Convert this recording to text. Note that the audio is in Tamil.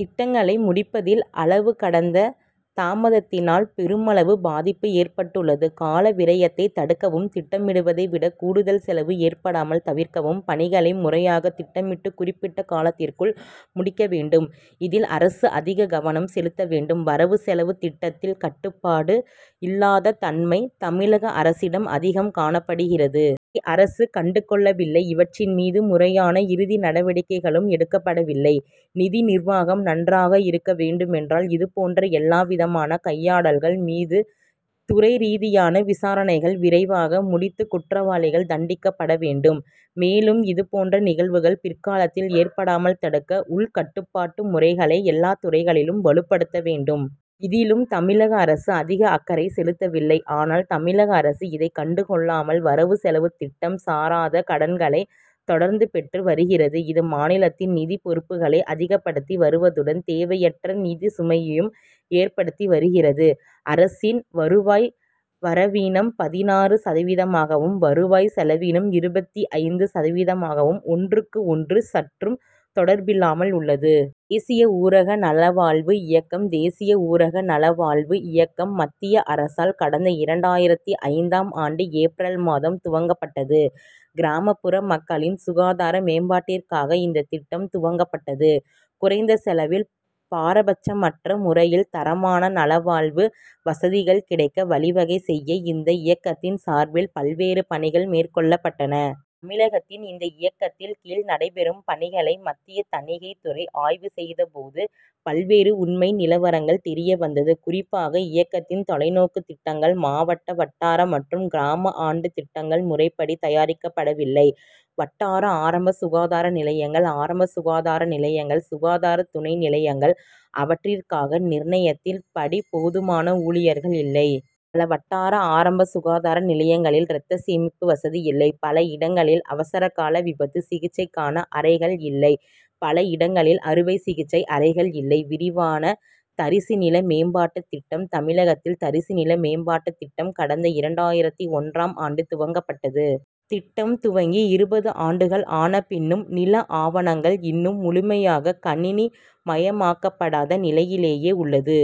திட்டங்களை முடிப்பதில் அளவு கடந்த தாமதத்தினால் பெருமளவு பாதிப்பு ஏற்பட்டுள்ளது. கால விரயத்தை தடுக்கவும் திட்டமிடுவதை விட கூடுதல் செலவு ஏற்படாமல் தவிர்க்கவும் பணிகளை முறையாக திட்டமிட்டு குறிப்பிட்ட காலத்திற்குள் முடிக்க வேண்டும். இதில் அரசு அதிக கவனம் செலுத்த வேண்டும். வரவு செலவு திட்டத்தில் கட்டுப்பாடு இல்லாத தன்மை தமிழக அரசிடம் அதிகம் காணப்படுகிறது. இதை அரசு கண்டு கொள்ளவில்லை. இவற்றின் மீது முறையான இறுதி நடவடிக்கைகளும் எடுக்கப்படவில்லை. நிதி நிர்வாகம் நன்றாக இருக்க வேண்டுமென்றால் இது போன்ற எல்லாவிதமான கையாடல்கள் மீதும் துறை ரீதியான விசாரணைகளை விரைவாக முடித்து குற்றவாளிகள் தண்டிக்கப்பட வேண்டும். மேலும் இது போன்ற நிகழ்வுகள் பிற்காலத்தில் ஏற்படாமல் தடுக்க உள் கட்டுப்பாட்டு முறைகளை எல்லாத்துறைகளிலும் வலுப்படுத்த வேண்டும். இதிலும் தமிழக அரசு அதிக அக்கறை செலுத்தவில்லை. ஆனால் தமிழக அரசு இதை கண்டு கொள்ளாமல் வரவு செலவு திட்டம் சாராத கடன்களை தொடர்ந்து பெற்று வருகிறது. இது மாநிலத்தின் நிதிப் பொறுப்புகளை அதிகப்படுத்தி வருவதுடன் தேவையற்ற நிதி சுமையையும் ஏற்படுத்தி வருகிறது. அரசின் வருவாய் வரவினம் பதினாறு சதவீதமாகவும் வருவாய் செலவினம் இருபத்து ஐந்து சதவீதமாகவும் ஒன்றுக்கு ஒன்று சற்றும் தொடர்பில்லாமல் உள்ளது. தேசிய ஊரக நலவாழ்வு இயக்கம் தேசிய ஊரக நல வாழ்வு இயக்கம் மத்திய அரசால் கடந்த இரண்டாயிரத்து ஐந்தாம் ஆண்டு ஏப்ரல் மாதம் துவக்கப்பட்டது. கிராமப்புற மக்களின் சுகாதார மேம்பாட்டிற்காக இந்த திட்டம் துவக்கப்பட்டது. குறைந்த செலவில் பாரபட்சமற்ற முறையில் தரமான நல வாழ்வு வசதிகள் கிடைக்க வழி வகை செய்ய இந்த இயக்கத்தின் சார்பில் பல்வேறு பணிகள் மேற்கொள்ளப்பட்டன. தமிழகத்தில் இந்த இயக்கத்தின் கீழ் நடைபெறும் பணிகளை மத்திய தணிக்கை துறை ஆய்வு செய்த போது பல்வேறு உண்மை நிலவரங்கள் தெரிய வந்தன. குறிப்பாக இயக்கத்தின் தொலைநோக்குத் திட்டங்கள் மாவட்ட வட்டார மற்றும் கிராம ஆண்டு திட்டங்கள் முறைப்படி தயாரிக்கப்படவில்லை. வட்டார ஆரம்ப சுகாதார நிலையங்கள் ஆரம்ப சுகாதார நிலையங்கள் சுகாதார துணை நிலையங்கள் அவற்றிற்கான நிர்ணயத்தின் படி போதுமான ஊழியர்கள் இல்லை. பல வட்டார ஆரம்ப சுகாதார நிலையங்களில் ரத்த சேமிப்பு வசதி இல்லை. பல இடங்களில் அவசர கால விபத்து சிகிச்சைக்கான அறைகள் இல்லை. பல இடங்களில் அறுவை சிகிச்சை அறைகள் இல்லை. விரிவான தரிசு நில மேம்பாட்டுத் திட்டம் தமிழகத்தில் தரிசு நில மேம்பாட்டு திட்டம் கடந்த இரண்டாயிரத்து ஒன்றாம் ஆண்டு துவங்கப்பட்டது. திட்டம் துவங்கி இருபது ஆண்டுகள் ஆன பின்னும் நில ஆவணங்கள் இன்னும் முழுமையாக கணினிமயமாக்கப்படாத நிலையிலேயே உள்ளது.